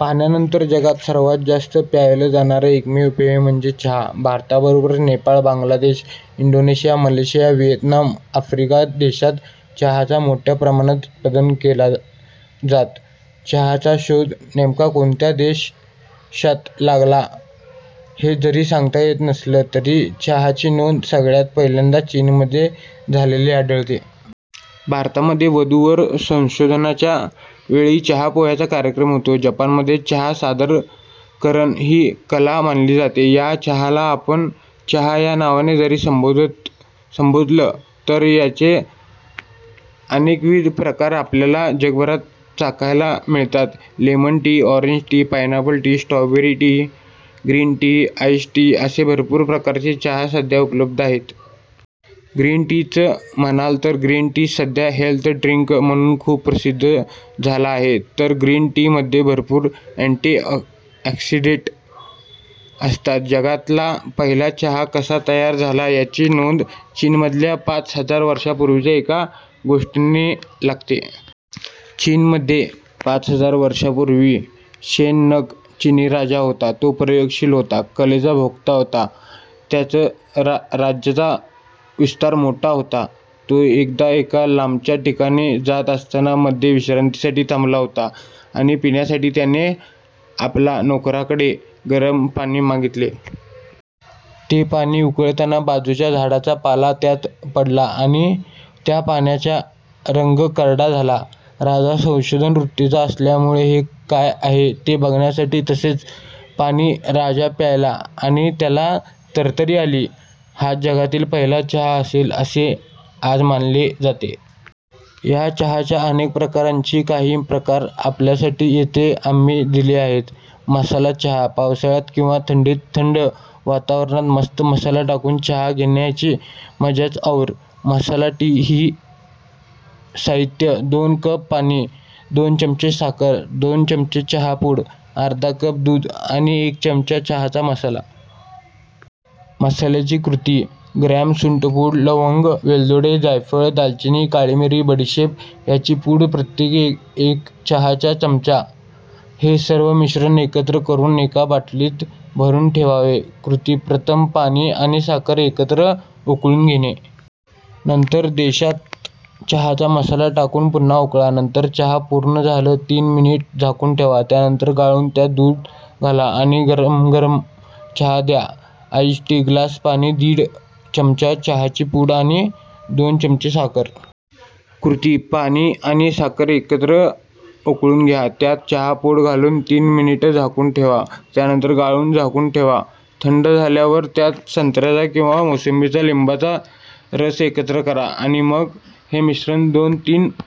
पाण्यानंतर जगात सर्वात जास्त प्यायल जाणार एकमेव पेय म्हणजे चहा. भारताबरोबरच Nepal, Bangladesh, Indonesia, Malaysia, Vietnam, Africa देशांत चहाचं मोठ्या प्रमाणात उत्पादन केला जातं. चहाचा शोध नेमका कोणत्या देशात लागला हे जरी सांगता येत नसलं तरी चहाची नोंद सगळ्यात पहिल्यांदा चीनमध्ये झालेली आढळते. भारतामध्ये वधूवर संशोधनाच्या वेळी चहा पोह्यांचा कार्यक्रम होतो, जपानमध्ये चहा सादर करण ही कला मानली जाते. या चहाला आपण चहा या नावाने जरी संबोधलं तर याचे अनेकविध प्रकार आपल्याला जगभरात चाखायला मिळतात. Lemon tea, orange tea, pineapple tea, strawberry tea, green tea ice tea असे भरपूर प्रकारचे चहा सध्या उपलब्ध आहेत. ग्रीन टी चं म्हणाल तर ग्रीन टी सध्या हेल्थ ड्रिंक म्हणून खूप प्रसिद्ध झाला आहे. तर ग्रीन टी मध्ये भरपूर अँटी ऑक्सीडेंट असतात. जगातला पहिला चहा कसा तयार झाला याची नोंद चीनमधल्या पाच हजार वर्षांपूर्वीच्या एका गोष्टीने लागते. चीनमध्ये पाच हजार वर्षांपूर्वी शेन नग चिनी राजा होता. तो प्रयोगशील होता. कलेचा भोक्ता होता. त्याच राज्याचा विस्तार मोठा होता. तो एकदा एका लांबच्या ठिकाणी जात असताना मध्ये विश्रांतीसाठी थांबला होता आणि पिण्यासाठी त्याने आपला नोकरांकडे गरम पाणी मागितले. ते पाणी उकळताना बाजूच्या झाडांचा पाला त्यात पडला आणि त्या पाण्याचा रंग करडा झाला. राजा संशोधन वृत्तीचा असल्यामुळे हे काय आहे ते बघण्यासाठी तसेच पाणी राजा प्यायला आणि त्याला तरतरी आली. हाच जगातील पहिला चहा असेल असे आज मानले जाते. या चहाच्या अनेक प्रकारांची काही प्रकार आपल्यासाठी येथे आम्ही दिले आहेत. मसाला चहा पावसाळ्यात किंवा थंडीत थंड वातावरणात मस्त मसाला टाकून चहा घेण्याची मजाच और! मसाला टी साहित्य: दोन कप पाणी, दोन चमचे साखर, दोन चमचे चहा पूड, अर्धा कप दूध आणि एक चमचा चहाचा मसाला. मसाल्याची कृती – ग्रॅम, सुंठपूड, लवंग, वेलदोडे, जायफळ, दालचिनी, काळीमिरी, बडिशेप ह्यांची पूड प्रत्येकी एक चहाचा चमचा. हे सर्व मिश्रण एकत्र करून एका बाटलीत भरून ठेवावे. कृती: प्रथम पाणी आणि साखर एकत्र उकळून घेणे. नंतर देशात चहाचा मसाला टाकून पुन्हा उकळा. नंतर चहा पूर्ण झालं तीन मिनिटं झाकून ठेवा. त्यानंतर गाळून त्यात दूध घाला आणि गरमगरम चहा द्या. आइस टी: ग्लास पाणी, दीड चमचा चहाची पूड आणि दोन चमचे साखर. कृती: पाणी आणि साखर एकत्र उकळून घ्या. त्यात चहा पूड घालून तीन मिनिटं झाकून ठेवा. त्यानंतर गाळून झाकून ठेवा. थंड झाल्यावर त्यात संत्र्याच्या किंवा मोसंबीचा, लिंबाचा रस एकत्र करा. आणि मग हे मिश्रण दोन तीन